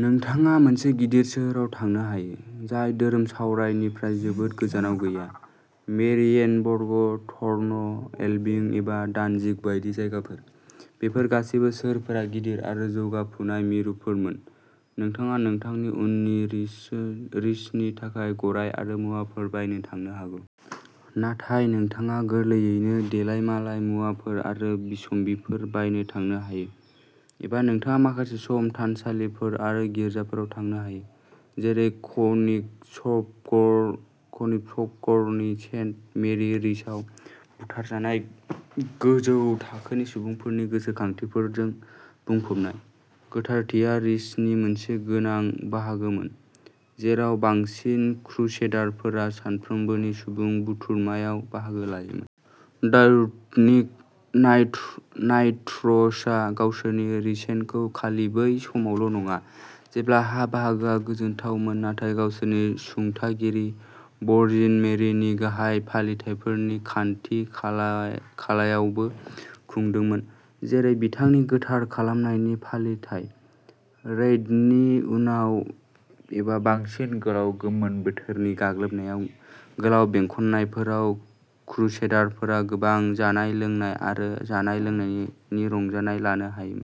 नोंथाङा मोनसे गिदिर सोहोराव थांनो हायो, जाय धोरोमसावरायनिफ्राय जोबोद गोजानाव गैयाः मेरियेनबर्ग, थर्न, एलबिं एबा दानजिग बायदि जायगाफोर। बेफोर गासैबो सोहोरफोरा गिदिर आरो जौगाफुनाय मिरुफोरमोन। नोंथाङा नोंथांनि उननि रिसनि थाखाय गराय आरो मुवाफोर बायनो थांनो हागौ। नाथाय नोंथाङा गोरलैयैनो देलायमालाय मुवाफोर आरो बिसम्बिफोर बायनो थांनो हायो। एबा नोंथाङा माखासे सम थानसालिफोर आरो गिर्जाफोराव थांनो हायो, जेरै कनिग्सबर्गनि सेन्ट मेरि, रिसआव बुथारजानाय गोजौ थाखोनि सुबुंफोरनि गोसोखांथिफोरजों बुंफबनाय। गोथारथिया रिसनि मोनसे गोनां बाहागोमोन, जेराव बांसिन क्रुसेडारफोरा सानफ्रोमबोनि सुबुं थुबुरमायाव बाहागो लायोमोन। ट्यूटनिक नाइट्सआ गावसोरनि रिसेनखौ खालि बै समावल'नङा, जेब्ला हा बाहागोआ गोजोनथावमोन, नाथाय गावसोरनि सुंथागिरि, वर्जिन मेरिनि गाहाय फालिथायफोरनि खाथि-खालायावबो खुंदोंमोन, जेरै बिथांनि गोथार खालामनायनि फालिथाइ। रेइडनि उनाव, एबा बांसिन गोलाव गोलोम बोथोरनि गाग्लोबनायाव, गोलाव बेंखननायफोराव, क्रुसेडारफोरा गोबां जानाय-लोंनाय आरो जानाय-लोंनायनि रंजानाय लानो हायोमोन।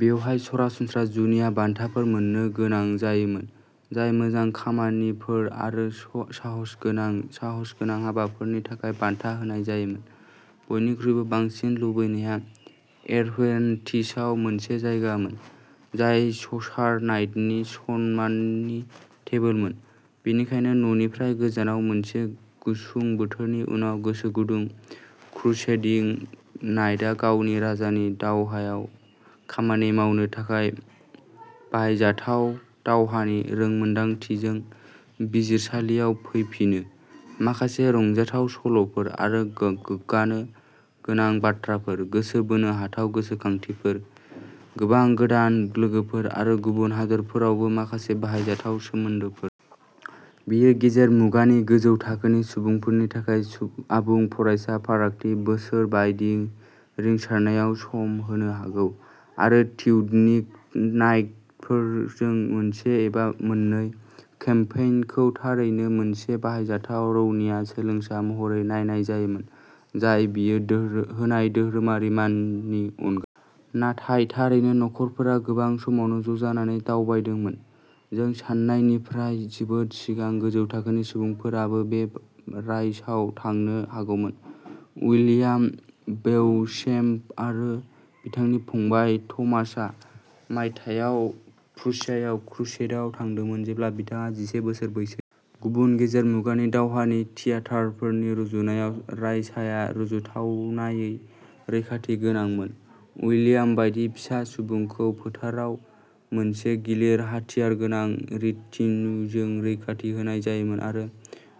बेवहाय सरासनस्रा जुनिया बान्थाफोर मोन्नो गोनां जायोमोन, जाय मोजां खामानिफोर आरो साहसगोनां साहसगोनां हाबाफोरनि थाखाय बान्था होनाय जायोमोन। बयनिख्रुइबो बांसिन लुबैनाया एह्रेन्टिशआव मोनसे जायगामोन, जाय चसार नाइटनि सन्माननि टेबोलमोन। बेनिखायनो न'निफ्राय गोजानाव मोनसे गुसुं बोथोरनि उनाव, गोसोगुदुं क्रुसेडिं नाइटआ गावनि राजानि दावहायाव खामानि मावनो थाखाय बाहायजाथाव'दावहानि रोंमोनदांथि'जों बिजिरसालियाव फैफिनो, माखासे रंजाथाव सल'फोर आरो गोग्गानो गोनां बाथ्राफोर, गोसो बोनो हाथाव गोसोखांथिफोर, गोबां गोदान लोगोफोर आरो गुबुन हादोरफोरावबो माखासे बाहायजाथाव सोमोन्दोफोर। बेयो गेजेर मुगानि गोजौ थाखोनि सुबुंफोरनि थाखाय आबुं फरायसा फारागथि बोसोर बायदि रिंसारनायाव सम होनो हागौ। आरो टिउटनिक नाइटफोरजों मोनसे एबा मोननै केम्पेइनखौ थारैनो मोनसे बाहायजाथाव रौनिया सोलोंसा महरै नायनाय जायोमोन, जाय बेयो होनाय धोरोमारि माननि अनगायै। नाथाय थारैनो, नखरफोरा गोबां समावनो ज'जानानै दावबायदोंमोन। जों सान्नायनिफ्राय जोबोद सिगां गोजौ थाखोनि सुबुंफोराबो बे रायसाव थांनो हागौमोन। उइलियाम बेउचेम्प आरो बिथांनि फंबाय थमासआ मायथाइयाव प्रुसियायाव क्रुसेडआव थांदोंमोन, जेब्ला बिथाङा जिसे बोसोर बैसोनिमोन। गुबुन गेजेर मुगानि दावहानि थियेटारफोरनि रुजुनायाव, रायसाया रुजुथावनायै रैखाथि गोनांमोनः उइलियाम बायदि फिसा सुबुंखौ फोथाराव मोनसे गिलिर-हाथियारगोनां रिटिन्युजों रैखाथि होनाय जायोमोन, आरो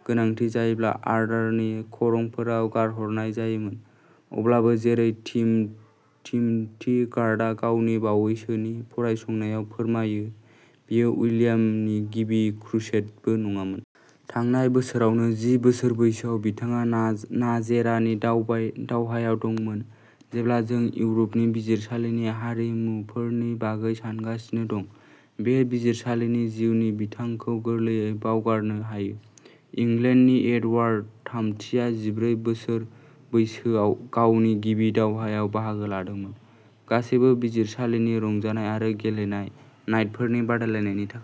गोनांथि जायोब्ला अर्डारनि खरंफोराव गारहरनाय जायोमोन। अब्लाबो जेरै टिमथि गार्डआ गावनि बावैसोनि फरायसंनायाव फोरमायो, बेयो उइलियामनि गिबि क्रुसेडबो नङामोन। थांनाय बोसोरावनो, जि बोसोर बैसोआव, बिथाङा नाजेरानि दावहायाव दंमोन। जेब्ला जों इउर'पनि बिजिरसालिनि हारिमुफोरनि बागै सानगासिनो दं, बे बिजिरसालिनि जिउनि बिथिंखौ गोरलैयै बावगारनो हायो। इंलेन्डनि एडवार्ड थामथिआ जिब्रै बोसोर बैसोआव गावनि गिबि दावहायाव बाहागो लादोंमोन। गासैबो बिजिरसालिनि रंजानाय आरो गेलेनाय नाइटफोरनि बादायलायनायनि थाखाय।